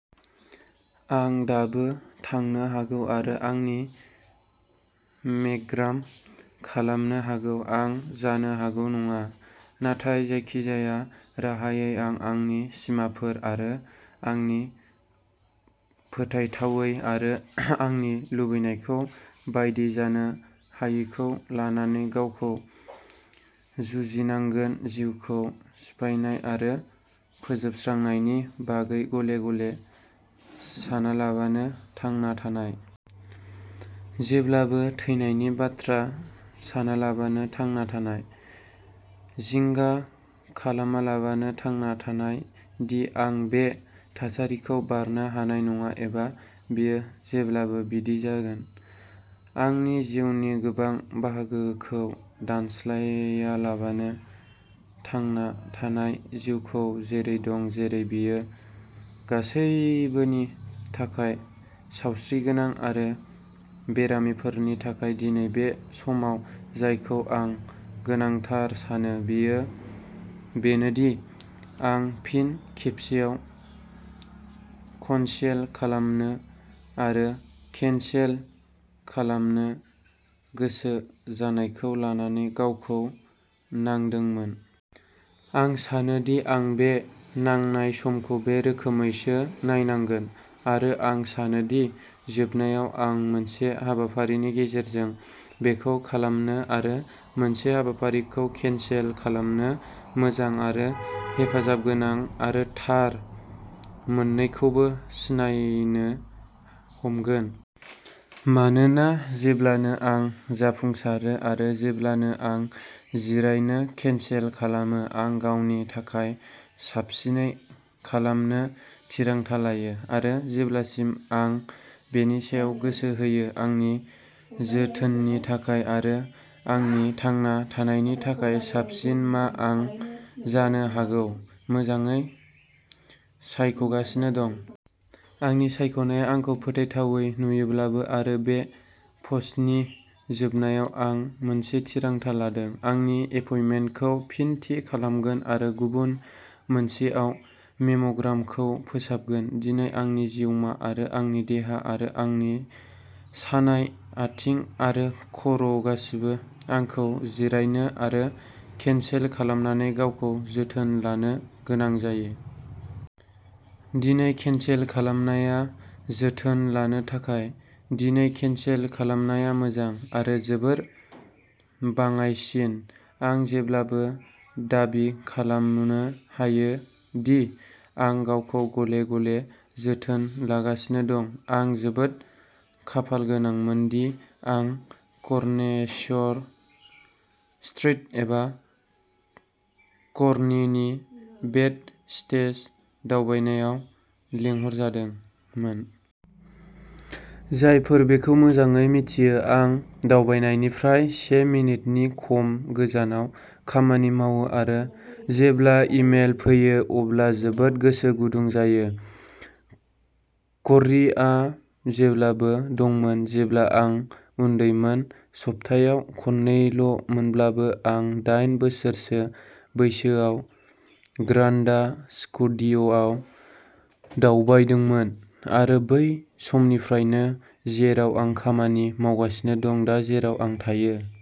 आं दाबो थांनो हागौ आरो आंनि मे'ग्राम खालामनो हागौ। आं जानो हागौ नङा। नाथाय जायखिजाया राहायै आं आंनि सिमाफोर आरो आंनि फोथायथावै आरो आंनि लुबैनायखौ बायदि जानो हायैखौ लानानै गावखौ जुजिनांगोन जिउखौ सिफायनाय आरो फोजोबस्रांनायनि बागै गले-गले सानालाबानो थांना थानाय। जेब्लाबो थैनायनि बाथ्रा सानालाबानो थांना थानाय। जिंगा खालामालाबानो थांना थानाय दि आं बे थासारिखौ बारनो हानाय नङा, एबा बेयो जेब्लाबो बिदि जागोन। आंनि जिउनि गोबां बाहागोखौ दानस्लायालाबानो थांना थानाय। जिउखौ जेरै दं जेरै बेयो गासैबोनि थाखाय, सावस्रिगोनां आरो बेरामिफोरनि थाखाय दिनै बे समाव जायखौ आं गोनांथार सानो, बेयो बेनो दि आं फिन खेबसेबाव कनसेल खालामनो आरो केनसेल खालामनो गोसो जानायखौ लानानै गावखौ नांदोंमोन। आं सानो दि आं बे नांनाय समखौ बे रोखोमैसो नायनांगोन। आरो आं सानो दि जोबनायाव आं मोनसे हाबाफारिनि गेजेरजों बेखौ खालामनो आरो मोनसे हाबाफारिखौ केनसेल खालामनो मोजां आरो हेफाजाबगोनां आरो थार मोन्नैखौबो सिनायनो हमगोन। मानोना जेब्लानो आं जाफुंसारो, आरो जेब्लानो आं जिरायनो केनसेल खालामो, आं गावनि थाखाय साबसिनै खालामनो थिरांथा लायो। आरो जेब्लासिम आं बेनि सायाव गोसो होयो आंनि जोथोननि थाखाय आरो आंनि थांना थानायनि थाखाय साबसिन मा आं जानो हागौ मोजाङै सायख'गासिनो दं। आंनि सायख'नाया आंखौ फोथायथावै नुयोब्लाबो। आरो बे पस्टनि जोबनायाव, आं मोनसे थिरांथा लादों। आंनि एपइन्टमेन्टखौ फिन थि खालामगोन आरो गुबुन मोनसेआव मेम'ग्रामखौ फोसाबगोन। दिनै, आंनि जिउमा, आरो आंनि देहा, आरो आंनि सानाय आथिं आरो खर' गासिबो आंखौ जिरायनो आरो केनसेल खालामनानै गावखौ जोथोन लानो गोनां जायो। दिनै, केनसेल खालामनाया जोथोन लानो थाखाय। दिनै केनसेल खालामनाया मोजां। आरो जोबोद बाङाइसिन। आं जेब्लाबो दाबि खालामनो हायो दि आं गावखौ गले-गले जोथोन लागासिनो दं। आं जोबोद खाफालगोनांमोन दि आं कर'नेसर स्ट्रिट एबा करनिनि बेद स्टेज दावबायनायाव लेंहरजादों मोन। जायफोर बेखौ मोजाङै मिथियो। आं दावबायनायनिफ्राय से मिनिटनि खम गोजानाव खामानि मावो आरो जेब्ला इमेल फैयो अब्ला जोबोद गोसो गुदुं जायो। कर्रीआ जेब्लाबो दंमोन जेब्ला आं उन्दैमोन, सप्तायाव खननैल'मोनब्लाबो। आं दाइन बोसोरसो बैसोआव ग्रान्डा स्कुडिय'आव दावबायदोंमोन आरो बै समनिफ्रायनो जेराव आं खामानि मावगासिनो दं, दा जेराव आं थायो।